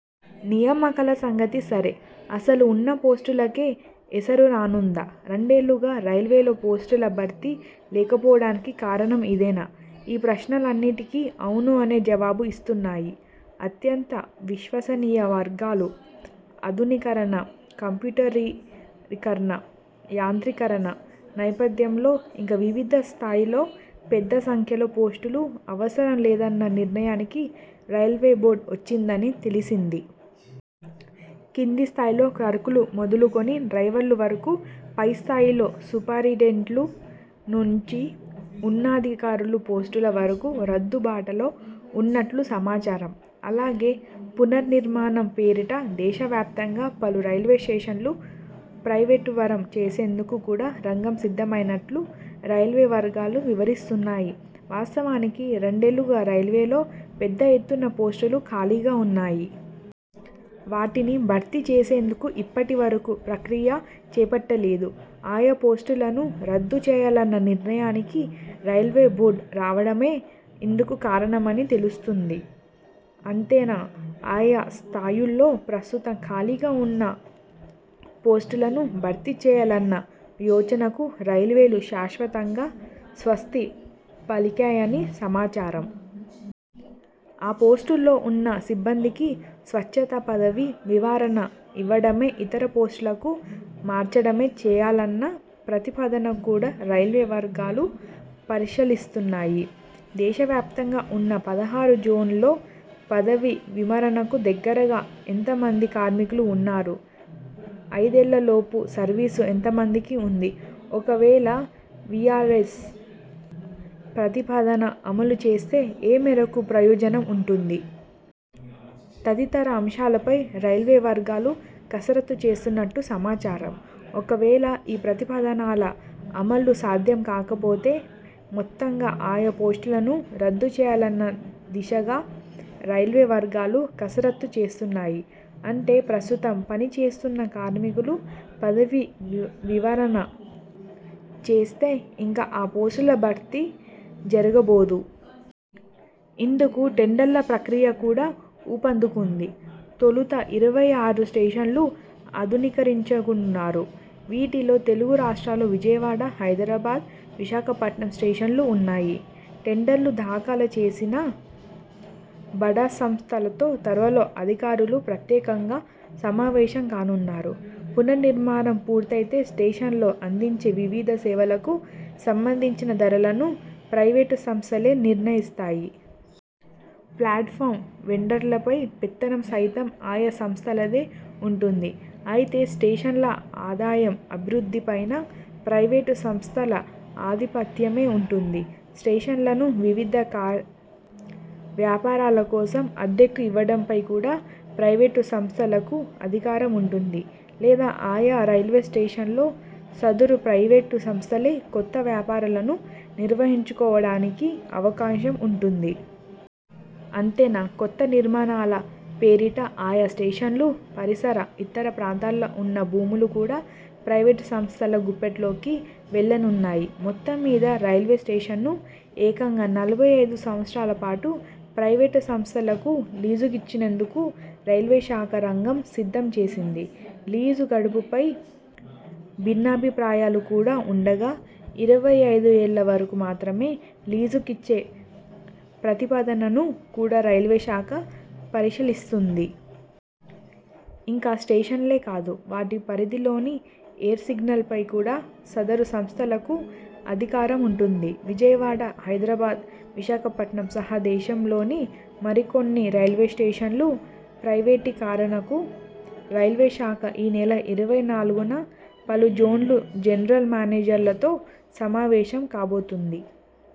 నియామకాల సంగతి సరే.. అసలు ఉన్న పోస్టులకే ఎసరు రానుందా? రెండేళ్లుగా రైల్వేల్లో పోస్టుల భర్తీ లేకపోవడానికి కారణం ఇదేనా? ఈ ప్రశ్నలన్నిటికీ 'ఔను' అనే జవాబు ఇస్తున్నాయి అత్యంత విశ్వసనీయ వర్గాలు. ఆధునీకరణ, కంప్యూటరీకరణ, యాంత్రీకరణ నేపథ్యంలో ఇక వివిధ స్థాయిల్లో పెద్ద సంఖ్యలో పోస్టులు అవసరం లేదన్న నిర్ణయానికి రైల్వే బోర్డు వచ్చిందని తెలిసింది. కింది స్థాయిలో క్లర్కులు మొదలుకుని డ్రైవర్ల వరకూ, పైస్థాయిలో సూపరిడెంట్లు నుంచి ఉన్నాధికారుల పోస్టుల వరకూ రద్దు బాటలో ఉన్నట్లు సమాచారం. అలాగే, పునర్నిర్మాణం పేరిట దేశవ్యాప్తంగా పలు రైల్వే స్టేషన్లను ప్రైవేటువరం చేసేందుకు కూడా రంగం సిద్ధమైనట్లు రైల్వే వర్గాలు వివరిస్తున్నాయి. వాస్తవానికి రెండేళ్లుగా రైల్వేల్లో పెద్ద ఎత్తున పోస్టులు ఖాళీగా ఉన్నాయి. వాటిని భర్తీ చేసేందుకు ఇప్పటి వరకూ ప్రక్రియ చేపట్టలేదు. ఆయా పోస్టులను రద్దు చేయాలన్న నిర్ణయానికి రైల్వే బోర్డు రావడమే ఇందుకు కారణమని తెలుస్తుంది. అంతేనా, ఆయా స్థాయుల్లో ప్రస్తుతం ఖాళీగా ఉన్న పోస్టులను భర్తీ చేయాలన్న యోచనకు రైల్వేలు శాశ్వతంగా స్వస్తి పలికాయని సమాచారం. ఆ పోస్టుల్లో ఉన్న సిబ్బందికి స్వచ్ఛంద పదవీ వివరణ ఇవ్వడమె ఇతర పోస్టులకు మార్చడమె చేయాలన్న ప్రతిపాదనను కూడా రైల్వే వర్గాలు పరిశీలిస్తున్నాయి. దేశవ్యాప్తంగా ఉన్న పదహారు జోన్లో పదవీ విరమణకు దగ్గరగా ఎంతమంది కార్మికులు ఉన్నారు? ఐదేళ్లలోపు సర్వీసు ఎంతమందికి ఉంది? ఒకవేళ వీఆర్ఎస్ ప్రతిపాదన అమలు చేస్తే ఏ మేరకు ప్రయోజనం ఉంటుంది? తదితర అంశాలపై రైల్వే వర్గాలు కసరత్తు చేస్తున్నట్లు సమాచారం. ఒకవేళ ఈ ప్రతిపాదనల అమలు సాధ్యం కాకపోతే, మొత్తంగా ఆయా పోస్టులను రద్దు చేయాలన్న దిశగా రైల్వే వర్గాలు కసరత్తు చేస్తున్నాయి. అంటే ప్రస్తుతం పని చేస్తున్న కార్మికులు పదవీ వివరణ చేస్తే, ఇక ఆ పోస్టుల భర్తీ జరగబోదు. ఇందుకు టెండర్ల ప్రక్రియ కూడా ఊపందుకుంది. తొలుత ఇరవై ఆరు స్టేషన్లు ఆధునీకరించనున్నారు. వీటిలో తెలుగు రాష్ట్రాల్లో విజయవాడ, హైదరాబాద్, విశాఖపట్నం స్టేషన్లు ఉన్నాయి. టెండర్లు దాఖలు చేసిన బడా సంస్థలతో త్వరలో అధికారులు ప్రత్యేకంగా సమావేశం కానున్నారు. పునర్నిర్మాణం పూర్తైతే స్టేషన్లలో అందించే వివిధ సేవలకు సంబంధించిన ధరలను ప్రైవేటు సంస్థలే నిర్ణయిస్తాయి. ప్లాట్ఫాం వెండర్లపై పెత్తనం సైతం ఆయా సంస్థలదే ఉంటుంది. అయితే, స్టేషన్ల ఆదాయం, అభివృద్ధిపైనా ప్రైవేటు సంస్థల ఆధిపత్యమే ఉంటుంది. స్టేషన్లను వివిధ వ్యాపారాల కోసం అద్దెకు ఇవ్వడంపై కూడా ప్రైవేటు సంస్థలకు అధికారం ఉంటుంది. లేదా ఆయా రైల్వే స్టేషన్లో సదరు ప్రైవేటు సంస్థలే కొత్త వ్యాపారాలను నిర్వహించుకోవడానికి అవకాశం ఉంటుంది. అంతేనా కొత్త నిర్మాణాల పేరిట ఆయా స్టేషన్లు, పరిసర, ఇతర ప్రాంతాల్లో ఉన్న భూములు కూడా ప్రైవేటు సంస్థల గుప్పిట్లోకి వెళ్లనున్నాయి. మొత్తంమీద రైల్వే స్టేషన్లను ఏకంగా నలభై ఐదు సంవత్సరాలపాటు ప్రైవేటు సంస్థలకు లీజుకిచ్చేందుకు రైల్వే శాఖ రంగం సిద్ధం చేసింది. లీజు గడువుపై భిన్నాభిప్రాయాలు కూడా ఉండగా ఇరవై ఐదు ఏళ్ల వరకు మాత్రమే లీజుకిచ్చే ప్రతిపాదనను కూడా రైల్వే శాఖ పరిశీలిస్తుంది. ఇక స్టేషన్లే కాదు వాటి పరిధిలోని ఎయిర్ సిగ్నళ్లపై కూడా సదరు సంస్థలకు అధికారం ఉంటుంది. విజయవాడ, హైదరాబాద్, విశాఖపట్నం సహా దేశంలోని మరికొన్ని రైల్వే స్టేషన్లు ప్రైవేటీకరణకు రైల్వే శాఖ ఈనెల ఇరవై నాలుగున పలు జోన్లు జనరల్ మేనేజర్లతో సమావేశం కాబోతోంది.